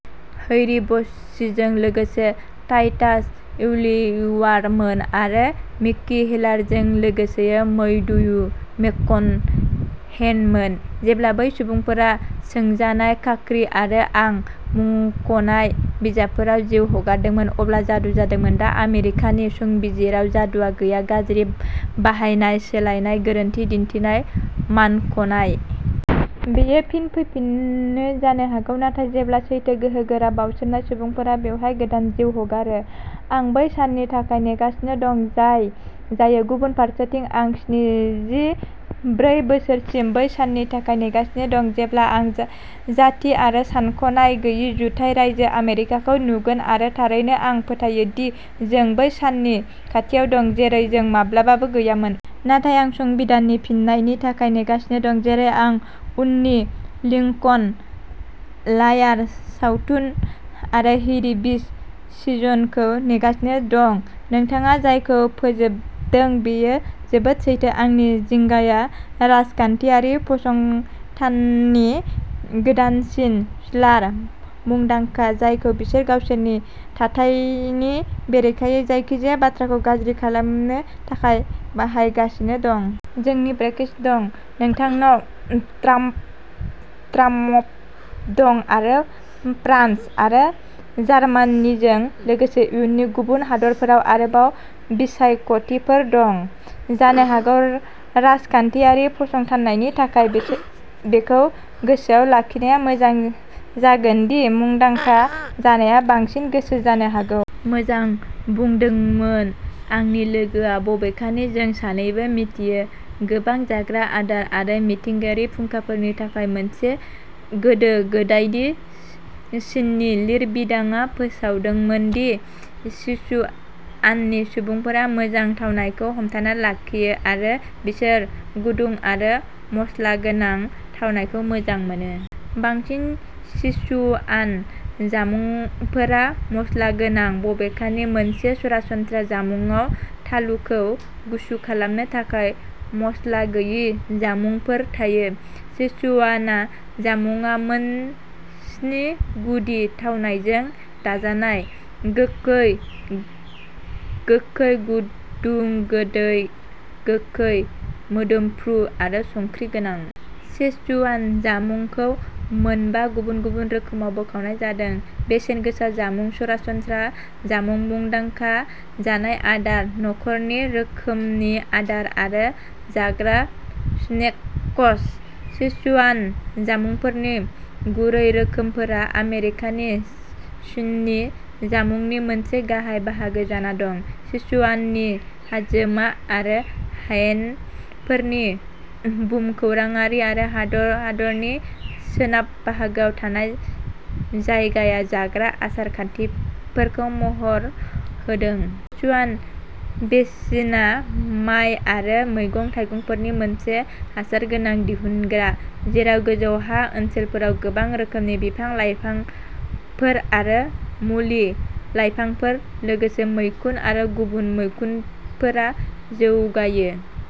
Harry बशजों लोगोसे टाइटास वेलिवरमोन आरो मिकी हेलारजों लोगोसे मैथ्यू मेककनहेमोन। जेब्ला बै सुबुंफोरा सोंजानाय खाख्रि आरो आं मुंख'नाय बिजाबफोराव जिउ हगारदोंमोन, अब्ला जादु जादोंमोन। दा, आमेरिकानि संबिजिराव जादुआ गैया। गाज्रि बाहायनाय, सोलाइनाय, गोरोन्थि दिन्थिनाय, मानख'नाय। बेयो फिन फैफिनो जानो हागौ नाथाय जेब्ला सैथो, गोहोगोरा, बाउसोमनाय सुबुंफोरा बेयाव गोदान जिउ हगारो। आं बै साननि थाखाय नेगासिनो दं जाय जायो। गुबुन फारसेथिं, आं स्निजि-ब्रै बोसोरसिम बै साननि थाखाय नेगासिनो दं जेब्ला आं जाथि आरो सानख'नाय गैयै जुथाइ रायजो आमेरिकाखौ नुगोन आरो थारैनो, आं फोथायो दि जों बै साननि खाथियाव दं, जेरै जों माब्लाबाबो गैयामोन। नाथाय आं संबिधाननि फिनफिननायनि थाखाय नेगासिनो दं, जेरै आं उननि लिंकन लायार सावथुन आरो हैरी बश सिजन खौ नेगासिनो दं। नोंथाङा जायखौ फोजोबदों बेयो जोबोद सैथो। आंनि जिंगाया राजखान्थियारि फसंथाननि गोदानसिन स्लार, मुंदांखा, जायखौ बिसोर गावसोरनि थाथायनि बेरेखायै जायखिजाया बाथ्राखौ गाज्रि खालामनो थाखाय बाहायजागासिनो दं। जोंनि ब्रेक्सिट दं, नोंनाव ट्राम्प दं आरो फ्रान्स आरो जार्मानिजों लोगोसे इयुनि गुबुन हादोरफोराव आरोबाव बिसायख'थिफोर दं। जानो हागौ राजखान्थियारि फसंथाननि थाखाय बेखौ गोसोआव लाखिनाया मोजां जागोन दि मुंदांखा जानाया बांसिननि गोसो जानो हागौ। मोजां बुंदोंमोन आंनि लोगोआ, बबेखानि जों सानैबो मिथियो। गोबां जाग्रा आदार आरो मिथिंगायारि फुंखाफोरनि थाखाय। मोनसे गोदो गोदायनि चिननि लिरबिदांआ फोसावदोंमोन दि "सिचुआननि सुबुंफोरा मोजां थावनायखौ हमथाना लाखियो, आरो बिसोर गुदुं आरो मस्ला गोनां थावनायखौ मोजां मोनो। " बांसिन सेचुआन जामुंफोरा मस्ला गोनां, बबेखानि मोनसे सरासनस्रा जामुंआव थालुखौ गुसु खालामनो थाखाय मस्ला गैयै जामुंफोर थायो। सेचुआन जामुंआ मोनस्नि गुदि थावनायजों दाजानायः गोखै, गोखै, गुदुं, गोदै, गोखै, मोदोमफ्रु आरो संख्रि गोनां। सेचुआन जामुंखौ मोनबा गुबुन-गुबुन रोखोमाव बोखावनाय जादोंः बेसेनगोसा जामुं, सरासनस्रा जामुं, मुंदांखा जानाय आदार, नखरारि रोखोमनि आदार, आरो जाग्रा स्नेक्स। सिचुआन जामुंफोरनि गुरै रोखोमफोरा आमेरिकानि चिननि जामुंनि मोनसे गाहाय बाहागो जाना दं। सिचुआननि हाजोमा आरो हायेनफोरनि भुमखौराङारि आरो हादोरनि सोनाब बाहागोआव थानाय जायगाया जाग्रा आसार-खान्थिफोरखौ महर होदों। सिचुआन बेसिनआ माय आरो मैगं-थाइगंफोरनि मोनसे हासारगोनां दिहुनग्रा, जेराव गोजौ हा ओनसोलफोराव गोबां रोखोमनि बिफां-लाइफांफोर आरो मुलि-लाइफांफोर, लोगोसे मैखुन आरो गुबुन मैखुनफोरा जौगायो।